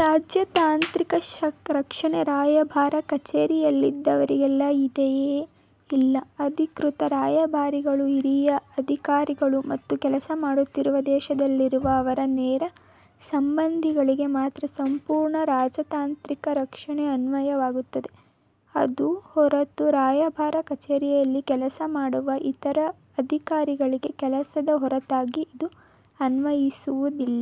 ರಾಜತಾಂತ್ರಿಕ ರಕ್ಷಣೆ ರಾಯಭಾರ ಕಚೇರಿಯಲ್ಲಿದ್ದವರಿಗೆಲ್ಲ ಇದೆಯೇ? ಇಲ್ಲ. ಅಧಿಕೃತ ರಾಯಭಾರಿಗಳು, ಹಿರಿಯ ಅಧಿಕಾರಿಗಳು ಮತ್ತು ಕೆಲಸ ಮಾಡುತ್ತಿರುವ ದೇಶದಲ್ಲಿರುವ ಅವರ ನೇರ ಸಂಬಂಧಿಗಳಿಗೆ ಮಾತ್ರ ಸಂಪೂರ್ಣ ರಾಜತಾಂತ್ರಿಕ ರಕ್ಷಣೆ ಅನ್ವಯವಾಗುತ್ತದೆ. ಅದು ಹೊರತು ರಾಯಭಾರ ಕಚೇರಿಯಲ್ಲಿ ಕೆಲಸ ಮಾಡುವ ಇತರ ಅಧಿಕಾರಿಗಳಿಗೆ ಕೆಲಸದ ಹೊರತಾಗಿ ಇದು ಅನ್ವಯಿಸುವುದಿಲ್ಲ.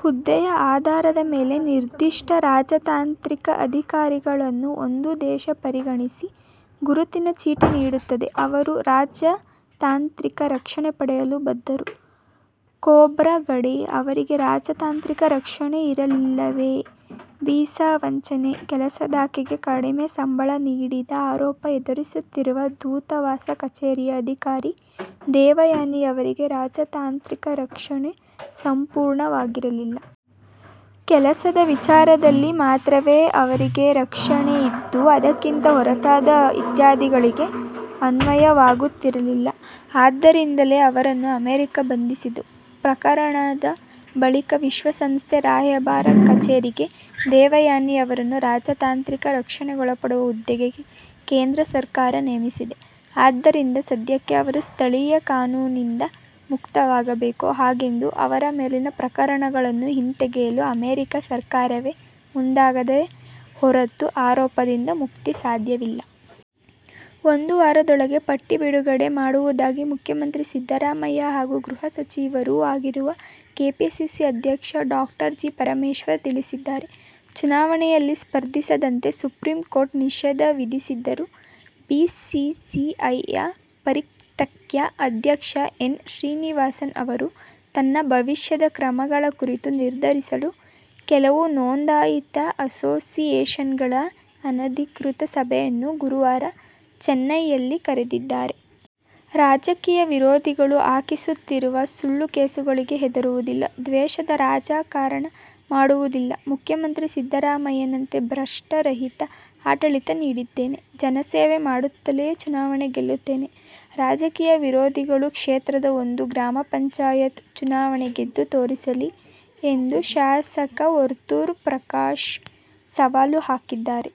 ಹುದ್ದೆಯ ಆಧಾರದ ಮೇಲೆ ನಿರ್ದಿಷ್ಟ ರಾಜತಾಂತ್ರಿಕ ಅಧಿಕಾರಿಗಳನ್ನು ಒಂದು ದೇಶ ಪರಿಗಣಿಸಿ ಗುರುತಿನ ಚೀಟಿ ನೀಡುತ್ತದೆ. ಅವರು ರಾಜತಾಂತ್ರಿಕ ರಕ್ಷಣೆ ಪಡೆಯಲು ಬದ್ಧರು. ಖೋಬ್ರಗಡೆ ಅವರಿಗೆ ರಾಜತಾಂತ್ರಿಕ ರಕ್ಷಣೆ ಇರಲಿಲ್ಲವೇ? ವೀಸಾ ವಂಚನೆ. ಕೆಲಸದಾಕೆಗೆ ಕಡಿಮೆ ಸಂಬಳ ನೀಡಿದ ಆರೋಪ ಎದುರಿಸುತ್ತಿರುವ ದೂತವಾಸ ಕಚೇರಿಯ ಅಧಿಕಾರಿ ದೇವಯಾನಿಯವರಿಗೆ ರಾಜತಾಂತ್ರಿಕ ರಕ್ಷಣೆ ಸಂಪೂರ್ಣವಾಗಿರಲಿಲ್ಲ. ಕೆಲಸದ ವಿಚಾರದಲ್ಲಿ ಮಾತ್ರವೇ ಅವರಿಗೆ ರಕ್ಷಣೆ ಇದ್ದು, ಅದಕ್ಕಿಂತ ಹೊರತಾದ ಇತ್ಯಾದಿಗಳಿಗೆ ಅನ್ವಯವಾಗುತ್ತಿರಲಿಲ್ಲ. ಆದ್ದರಿಂದಲೇ ಅವರನ್ನು ಅಮೆರಿಕ ಬಂಧಿಸಿತು. ಪ್ರಕರಣದ ಬಳಿಕ ವಿಶ್ವಸಂಸ್ಥೆ ರಾಯಭಾರ ಕಚೇರಿಗೆ ದೇವಯಾನಿಯವರನ್ನು ರಾಜತಾಂತ್ರಿಕ ರಕ್ಷಣೆಗೊಳಪಡುವ ಹುದ್ದೆಗೆ ಕೇಂದ್ರ ಸರ್ಕಾರ ನೇಮಿಸಿದೆ. ಆದ್ದರಿಂದ ಸದ್ಯಕ್ಕೆ ಅವರು ಸ್ಥಳೀಯ ಕಾನೂನಿಂದ ಮುಕ್ತವಾಗಬಹುದು. ಹಾಗೆಂದು ಅವರ ಮೇಲಿನ ಪ್ರಕರಣಗಳನ್ನು ಹಿಂತೆಗೆಯಲು ಅಮೆರಿಕ ಸರ್ಕಾರವೇ ಮುಂದಾಗದ ಹೊರತು ಆರೋಪದಿಂದ ಮುಕ್ತಿ ಸಾಧ್ಯವಿಲ್ಲ. ಒಂದು ವಾರದೊಳಗೆ ಪಟ್ಟಿ ಬಿಡುಗಡೆ ಮಾಡುವುದಾಗಿ ಮುಖ್ಯಮಂತ್ರಿ ಸಿದ್ದರಾಮಯ್ಯ ಹಾಗೂ ಗೃಹ ಸಚಿವರೂ ಆಗಿರುವ ಕೆಪಿಸಿಸಿ ಅಧ್ಯಕ್ಷ ಡಾ ಜಿ. ಪರಮೇಶ್ವರ್ ತಿಳಿಸಿದ್ದಾರೆ. ಚುನಾವಣೆಯಲ್ಲಿ ಸ್ಪರ್ಧಿಸದಂತೆ ಸುಪ್ರೀಂ ಕೋರ್ಟ್ ನಿಷೇಧ ವಿಧಿಸಿದ್ದರೂ ಬಿಸಿಸಿಐಯ ಪರಿತ್ಯಕ್ತ ಅಧ್ಯಕ್ಷ ಎನ್. ಶ್ರೀನಿವಾಸನ್ ಅವರು ತನ್ನ ಭವಿಷ್ಯದ ಕ್ರಮಗಳ ಕುರಿತು ನಿರ್ಧರಿಸಲು ಕೆಲವು ನೋಂದಾಯಿತ ಅಸೋಸಿಯೇಶನ್ಗಳ ಅನಧಿಕೃತ ಸಭೆಯನ್ನು ಗುರುವಾರ ಚೆನ್ನೈಯಲ್ಲಿ ಕರೆದಿದ್ದಾರೆ. ರಾಜಕೀಯ ವಿರೋಧಿಗಳು ಹಾಕಿಸುತ್ತಿರುವ ಸುಳ್ಳು ಕೇಸುಗಳಿಗೆ ಹೆದರುವುದಿಲ್ಲ. ದ್ವೇಷದ ರಾಜಕಾರಣ ಮಾಡುವುದಿಲ್ಲ. ಮುಖ್ಯಮಂತ್ರಿ ಸಿದ್ದರಾಮಯ್ಯರಂತೆ ಭ್ರಷ್ಟರಹಿತ ಆಡಳಿತ ನೀಡಿದ್ದೇನೆ. ಜನಸೇವೆ ಮಾಡುತ್ತಲೇ ಚುನಾವಣೆ ಗೆಲ್ಲುತ್ತೇನೆ. ರಾಜಕೀಯ ವಿರೋಧಿಗಳು ಕ್ಷೇತ್ರದ ಒಂದು ಗ್ರಾಮ ಪಂಚಾಯತ್ ಚುನಾವಣೆ ಗೆದ್ದು ತೋರಿಸಲಿ ಎಂದು ಶಾಸಕ ವರ್ತೂರು ಪ್ರಕಾಶ್ ಸವಾಲು ಹಾಕಿದ್ದಾರೆ.